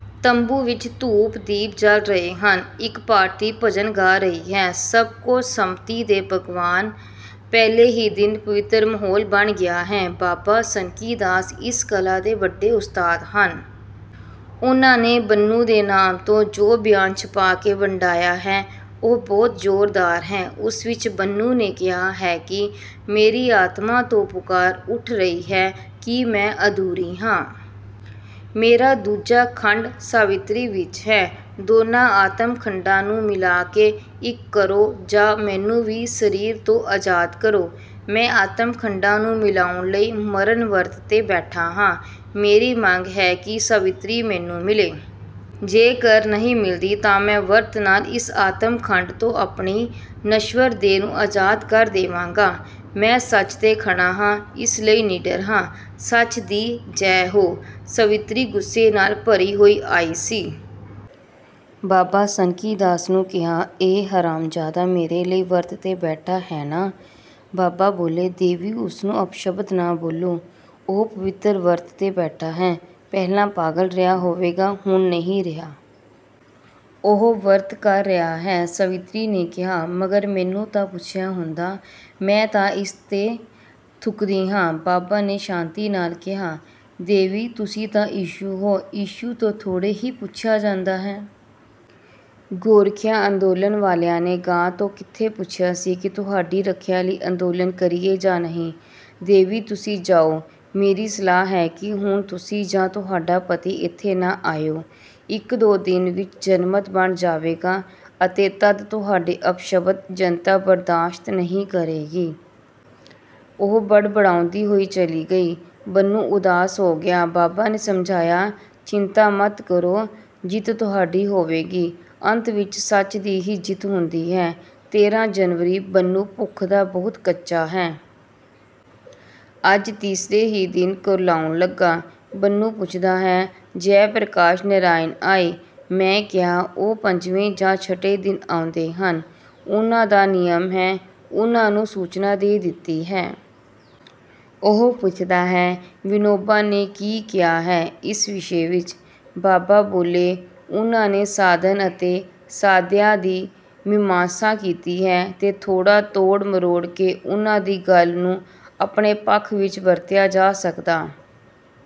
ਤੰਬੂ ਵਿੱਚ ਧੂਪ -ਦੀਪ ਜਲ ਰਹੇ ਹਨ। ਇੱਕ ਪਾਰਟੀ ਭਜਨ ਗਾ ਰਹੀ ਹੈ । ਸਭ ਕੋ ਸੰਮਤੀ ਦੇ ਭਗਵਾਨ! ਪਹਿਲੇ ਹੀ ਦਿਨ ਪਵਿਤਰ ਮਾਹੌਲ ਬਣ ਗਿਆ ਹੈ। ਬਾਬਾ ਸਨਕੀਦਾਸ ਇਸ ਕਲਾ ਦੇ ਵੱਡੇ ਉਸਤਾਦ ਹਨ। ਉਨ੍ਹਾਂ ਨੇ ਬੰਨੂ ਦੇ ਨਾਮ ਤੋਂ ਜੋ ਬਿਆਨ ਛਪਾ ਕੇ ਵੰਡਾਇਆ ਹੈ, ਉਹ ਬਹੁਤ ਜੋਰਦਾਰ ਹੈ। ਉਸ ਵਿੱਚ ਬੰਨੂ ਨੇ ਕਿਹਾ ਹੈ ਕਿ ਮੇਰੀ ਆਤਮਾ ਤੋਂ ਪੁਕਾਰ ਉਠ ਰਹੀ ਹੈ ਕਿ ਮੈਂ ਅਧੂਰੀ ਹਾਂ। ਮੇਰਾ ਦੂਜਾ ਖੰਡ ਸਾਵਿਤਰੀ ਵਿੱਚ ਹੈ। ਦੋਨਾਂ ਆਤਮ ਖੰਡਾਂ ਨੂੰ ਮਿਲਾਕੇ ਇੱਕ ਕਰੋ ਜਾਂ ਮੈਨੂੰ ਵੀ ਸਰੀਰ ਤੋਂ ਅਜ਼ਾਦ ਕਰੋ। ਮੈਂ ਆਤਮ -ਖੰਡਾਂ ਨੂੰ ਮਿਲਾਉਣ ਲਈ ਮਰਨ ਵਰਤ ਤੇ ਬੈਠਾ ਹਾਂ। ਮੇਰੀ ਮੰਗ ਹੈ ਕਿ ਸਾਵਿਤਰੀ ਮੈਨੂੰ ਮਿਲੇ। ਜੇਕਰ ਨਹੀਂ ਮਿਲਦੀ ਤਾਂ ਮੈਂ ਵਰਤ ਨਾਲ ਇਸ ਆਤਮ -ਖੰਡ ਤੋਂ ਆਪਣੀ ਨਸ਼ਵਰ ਦੇਹ ਨੂੰ ਅਜ਼ਾਦ ਕਰ ਦੇਵਾਂਗਾ। ਮੈਂ ਸੱਚ ਤੇ ਖੜਾ ਹਾਂ, ਇਸ ਲਈ ਨਿਡਰ ਹਾਂ। ਸੱਚ ਦੀ ਜੈ ਹੋ! ਸਾਵਿਤਰੀ ਗ਼ੁੱਸੇ ਨਾਲ ਭਰੀ ਹੋਈ ਆਈ ਸੀ। ਬਾਬਾ ਸਨਕੀਦਾਸ ਨੂੰ ਕਿਹਾ, "ਇਹ ਹਰਾਮਜਾਦਾ ਮੇਰੇ ਲਈ ਵਰਤ ਤੇ ਬੈਠਾ ਹੈ ਨਾ? " ਬਾਬਾ ਬੋਲੇ, "ਦੇਵੀ, ਉਸਨੂੰ ਅਪਸ਼ਬਦ ਨਾ ਬੋਲੋ । ਉਹ ਪਵਿਤਰ ਵਰਤ ਤੇ ਬੈਠਾ ਹੈ। ਪਹਿਲਾਂ ਪਾਗਲ ਰਿਹਾ ਹੋਵੇਗਾ। ਹੁਣ ਨਹੀਂ ਰਿਹਾ। ਉਹ ਵਰਤ ਕਰ ਰਿਹਾ ਹੈ। " ਸਾਵਿਤਰੀ ਨੇ ਕਿਹਾ, "ਮਗਰ ਮੈਨੂੰ ਤਾਂ ਪੁੱਛਿਆ ਹੁੰਦਾ। ਮੈਂ ਤਾਂ ਇਸ ਤੇ ਥੁਕਦੀ ਹਾਂ। " ਬਾਬਾ ਨੇ ਸ਼ਾਂਤੀ ਨਾਲ ਕਿਹਾ, "ਦੇਵੀ, ਤੁਸੀਂ ਤਾਂ ਇਸ਼ੂ ਹੋ। ਇਸ਼ੂ ਤੋਂ ਥੋੜ੍ਹੇ ਹੀ ਪੁੱਛਿਆ ਜਾਂਦਾ ਹੈ। ਗੋਰੱਖਿਆ ਅੰਦੋਲਨ ਵਾਲਿਆਂ ਨੇ ਗਾਂ ਤੋਂ ਕਿੱਥੇ ਪੁੱਛਿਆ ਸੀ ਕਿ ਤੁਹਾਡੀ ਰੱਖਿਆ ਲਈ ਅੰਦੋਲਨ ਕਰੀਏ ਜਾਂ ਨਹੀਂ। ਦੇਵੀ, ਤੁਸੀਂ ਜਾਉ। ਮੇਰੀ ਸਲਾਹ ਹੈ ਕਿ ਹੁਣ ਤੁਸੀਂ ਜਾਂ ਤੁਹਾਡਾ ਪਤੀ ਇੱਥੇ ਨਾ ਆਇਉ। ਇੱਕ-ਦੋ ਦਿਨ ਵਿੱਚ ਜਨਮਤ ਬਣ ਜਾਵੇਗਾ ਅਤੇ ਤੱਦ ਤੁਹਾਡੇ ਅਪਸ਼ਬਦ ਜਨਤਾ ਬਰਦਾਸ਼ਤ ਨਹੀਂ ਕਰੇਗੀ। " ਉਹ ਬੜਬੜਾਉਂਦੀ ਹੋਈ ਚੱਲੀ ਗਈ। ਬੰਨੂ ਉਦਾਸ ਹੋ ਗਿਆ। ਬਾਬਾ ਨੇ ਸਮਝਾਇਆ, "ਚਿੰਤਾ ਮਤ ਕਰੋ। ਜਿੱਤ ਤੁਹਾਡੀ ਹੋਵੇਗੀ। ਅੰਤ ਵਿੱਚ ਸੱਚ ਦੀ ਹੀ ਜਿੱਤ ਹੁੰਦੀ ਹੈ। ਤੇਰ੍ਹਾਂ ਜਨਵਰੀ ਬੰਨੂ ਭੁੱਖ ਦਾ ਬਹੁਤ ਕੱਚਾ ਹੈ। ਅੱਜ ਤੀਸਰੇ ਹੀ ਦਿਨ ਕੁਰਲਾਉਣ ਲਗਾ। ਬੰਨੂ ਪੁੱਛਦਾ ਹੈ, "ਜੈ ਪ੍ਰਕਾਸ਼ ਨਰਾਇਣ ਆਏ? " ਮੈਂ ਕਿਹਾ, "ਉਹ ਪੰਜਵੇਂ ਜਾਂ ਛਠੇ ਦਿਨ ਆਉਂਦੇ ਹਨ। ਉਨ੍ਹਾਂ ਦਾ ਨਿਯਮ ਹੈ। ਉਨ੍ਹਾਂ ਨੂੰ ਸੂਚਨਾ ਦੇ ਦਿੱਤੀ ਹੈ। " ਉਹ ਪੁੱਛਦਾ ਹੈ, "ਵਿਨੋਬਾ ਨੇ ਕੀ ਕਿਹਾ ਹੈ ਇਸ ਵਿਸ਼ੇ ਵਿੱਚ? " ਬਾਬਾ ਬੋਲੇ, "ਉਨ੍ਹਾਂ ਨੇ ਸਾਧਨ ਅਤੇ ਸਾਧਿਆ ਦੀ ਮੀਮਾਂਸਾ ਕੀਤੀ ਹੈ, ਤੇ ਥੋੜ੍ਹਾ ਤੋੜ ਮਰੋੜ ਕੇ ਉਨ੍ਹਾਂ ਦੀ ਗੱਲ ਨੂੰ ਆਪਣੇ ਪੱਖ ਵਿੱਚ ਵਰਤਿਆ ਜਾ ਸਕਦਾ।